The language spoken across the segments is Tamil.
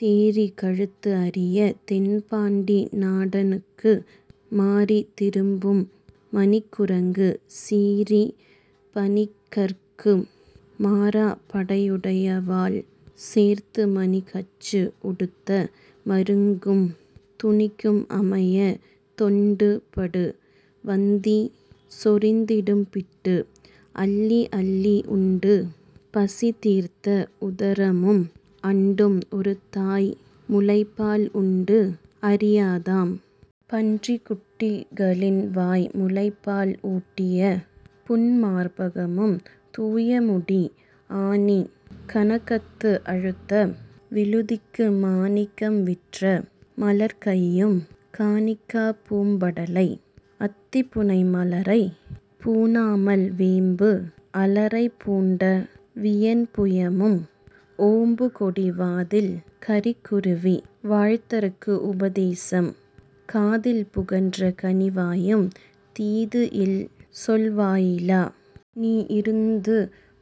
தேறிக் கழுத்து அரியத் தென்பாண்டி நாடனுக்கு மாறித் திரும்பும் மணிக் குறங்கும் சீறிப் பணிக்கற்கு மாறாப் படைஉடைவாள் சேர்த்து மணிக்கச்சு உடுத்த மருங்கும் துணிக்கு அமையத் தொண்டுபடு வந்தி சொரிந்திடும் பிட்டு அள்ளிஅள்ளி உண்டு பசிதீர்த்த உதரமும் அண்டும் ஒரு தாய்முலைப்பால் உண்டு அறியாத் தாம் பன்றிக்குட்டிகளின் வாய் முலைப்பால் ஊட்டிய புண்மார்பகமும் தூயமுடி ஆணிக் கனகத்து அழுத்த வழுதிக்கு மாணிக்கம் விற்ற மலர்க்கையும் காணிக்காப் பூம்படலை ஆத்திப் புனைமலரைப் பூணாமல் வேம்பு அலரைப் பூண்ட வியன்புயமும் ஓம்புகொடி வாதில் கரிக்குருவி வாழ்தற்கு உபதேசம் காதில் புகன்ற கனிவாயும் தீதுஇல் சொல் வாயிலா நீ இருந்து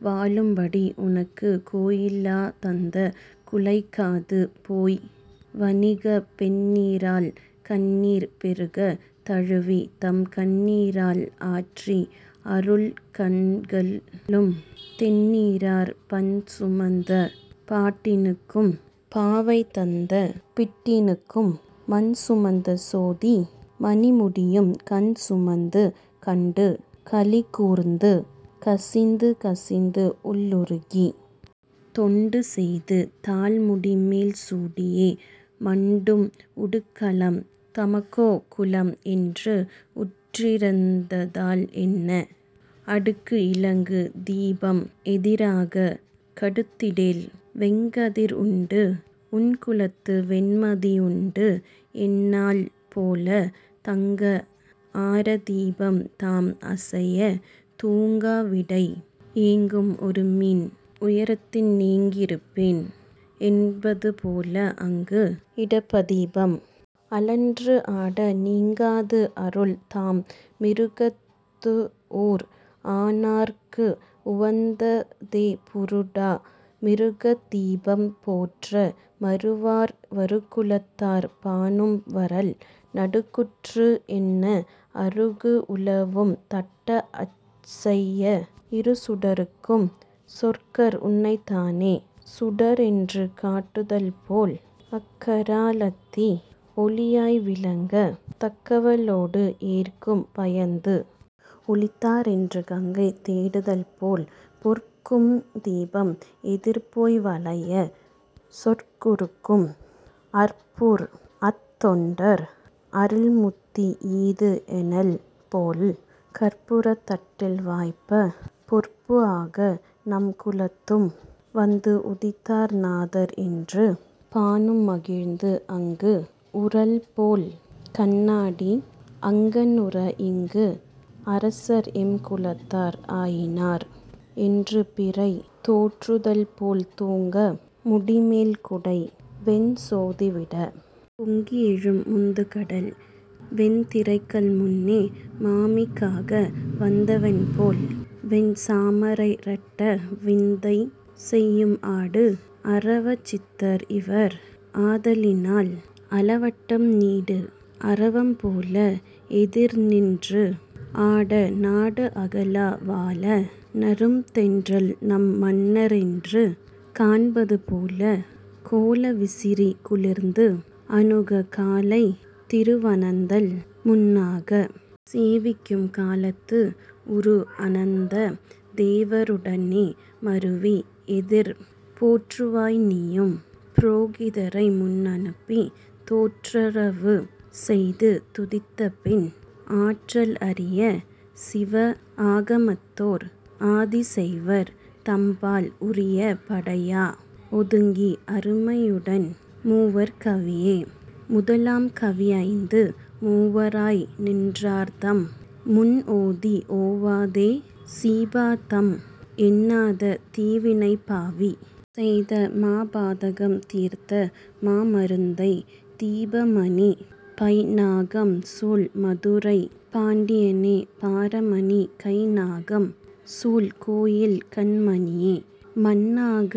வாழும்படி உனக்குக் கோயிலாத் தந்த குழைக்காதும் போய் வணிகப் பெண்நீராள் கண்ணீர் பெருகத் தழுவித் தம் கண்ணீரால் ஆற்றி அருள் கண்களும் தெண்ணீரார் பண்சுமந்த பாட்டினுக்கும் பாவைதந்த பிட்டினுக்கும் மண்சுமந்த சோதி மணிமுடியும் கண் சுமந்து கண்டு களிகூர்ந்து கசிந்து கசிந்து உள்உருகித் தொண்டு செய்து தாள்முடிமேல் சூடியே மண்டும் உடுக்கலம் தம்கோக்குலம் என்று உற்றறிந்தால்என்ன அடுக்கு இலங்கு தீபம் எதிராகக் கடுத்திடேல் வெங்கதிர் உண்டு உன்குலத்து வெண்மதிஉண்டு என்னல்போல் தங்க ஆரத் தீபம் தாம் அசையத் துங்க விடை ஏங்கும் ஒருமீன் உயர்த்தின் எங்கிருப்பேன் என்பதுபோல் ஆங்கு இடபதீபம் அழன்றுஆட நீங்காது அருள் தாம் மிருகத்துஉரு ஆனார்க்கு உவந்தே புருடா மிருகத் தீபம் போற்ற மருவார் வருகுலத்தார் பானு வரல் நடுக்குற்று என்ன அருகு உலவும் தட்ட அசைய இருசுடர்க்கும் சொக்கர் உனைத்தானே சுடர்என்று காட்டுதல்போல் அக்கரா லத்தி ஒளியாய் விளங்கத் தக்கவளோடு எற்கும் பயந்து ஒளித்தார் என்று கங்கை தேடுதல்போல் பொற்கும்தீபம் எதிர்போய் வளையச் சொற்குஉருகும் அற்புஊர் அத்தொண்டர்க்கு அருள்முத்தி ஈதுஎனல்போல் கற்பூரத் தட்டில் வாய்ப்பப் பொற்புஆக நம்குலத்தும் வந்துஉதித்தார் நாதர்என்று பானுமகிழ்ந்து அங்கு உறல்போல் கண்ணாடி அங்கண்உற இங்குஅரசர் எம்குலத்தார் ஆயினார் என்றுபிறை தோற்றுதல்போல் துங்க முடிமேல் குடை வெண்சோதிவிடப் பொங்கிஎழும் முந்துகடல் வெண்திரைகள் முன்னே மாமிக்காக வந்தவன்போல் வெண்சாமரை இரட்ட விந்தை செயும் ஆடுஅரவச் சித்தர் இவர் ஆதலினால் ஆலவட்டம் நீடுஅரவம் போல எதிர்நின்று ஆட நாடு அகலா வால நறும்தென்றல் நம் மன்னர்என்று காண்பதுபோல் கோல விசிறி குளிர்ந்து அணுகக் காலைத் திருவனந்தல் முன்னாகச் சேவிக்கும் காலத்து உருஅனந்த தேவருடனே மருவி எதிர் போற்றுவாய் நீயும் புரோகிதரை முன்அனுப்பித் தோற்றரவு செய்து துதித்தன்பின் ஆற்றல் அரிய சிவஆகமத்தோர் ஆதிசைவர் தம்பால் உரிய படையா ஒதுங்கி அருமையுடன் மூவர் கவியே முதலாம் கவிஐந்தும் மூவராய் நின்றார்தம் முன்ஓதி ஓவாதே சீபாதம் எண்ணாத தீவினைப்பாவி செய்த மாபாதகம் தீர்த்த மாமருந்தைத் தீபமணிப் பைந்நாகம் சூழ் மதுரைப் பாண்டியனே பாரமணிக் கைந்நாகம் சூழ்கோயில் கண்மணியே மன்ஆக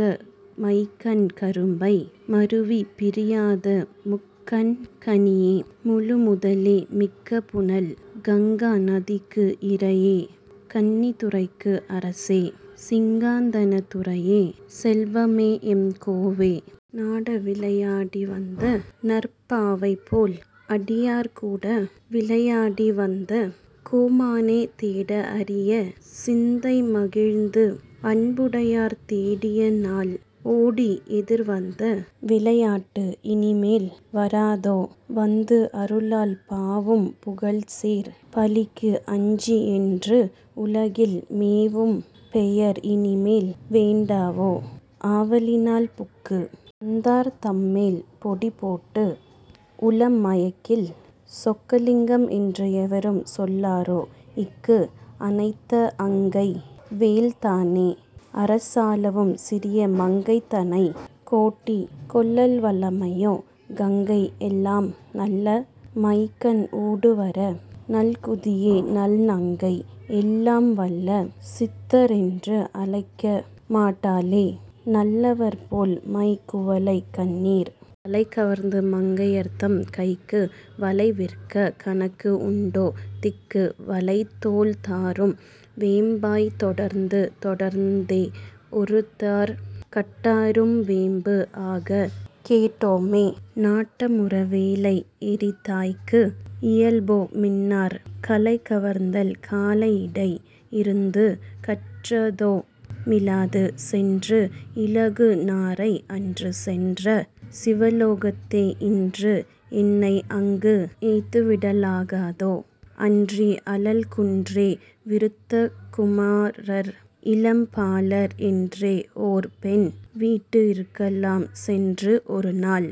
மைக்கண் கரும்பை மருவிப் பிரியாத முக்கண் கனியே முழு முதலே மிக்க புனல் கங்கா நதிக்கு இறையே கன்னித்துறைக்கு அரசே சிங்காதனத் துரையே செல்வமே எம்கோவே நாட விளைஆடி வந்த நற்பாவைபோல் அடியார் கூட விளையாடி வந்த கோமானே தேடஅரிய சிந்தை மகிழ்ந்து அன்புடையார் தேடியநாள் ஓடிஎதிர் வந்த விளையாட்டு இனிமேல் வாராதோ வந்து அருளால் பாவும் புகழ்சேர் பழிக்கு அஞ்சி என்று உலகில் மேவும் பெயர் இனிமேல் வேண்டாவோ ஆவலினால் புக்கு வந்தார் தம்மேல் பொடிபோட்டு உளம் மயக்கிள் சொக்கலிங்கம் என்று எவரும் சொல்லாரோ இக்கு அணைத்த அங்கை வேள்தானே அரசாளவும் சிறிய மங்கைதனைக் கோட்டி கொளல் வல்லமையோ கங்கை எலாம் நல்ல மைக்கண் ஊடுவர நல்குதியேநல்நங்கை எல்லாம் வல்ல சித்தர் என்று அழைக்கமாட்டாளே நல்லவர்போல் மைக் குவளைக்கண்ணி வளைகவர்ந்து மங்கையர்தம் கைக்கு வளை விற்கக் கனக்கு உண்டோ திக்கு வளை தோள் தாரும் வேம்பாய்த் தொடர்ந்து தொடர்ந்தே ஒருதார் கட்டாரும் வேம்பு ஆகக் கேட்டோ மே நாட்டம்உற வேளைஎரித்தாய்க்கு இயல்போ மின்னார் கலைகவர்தல் காளையிடை இருந்து கற்றதோ மீளாது சென்று இலகு நாரை அன்று சென்ற சிவலோகத்தே இன்று எனை அங்கு எய்தவிடல் ஆகாதோ அன்றி அழல் குன்றே விருத்த குமாரர் இளம்பாலர் என்றே ஓர் பெண் வீட்டு இருக்கலாம் சென்று ஒருநாள்।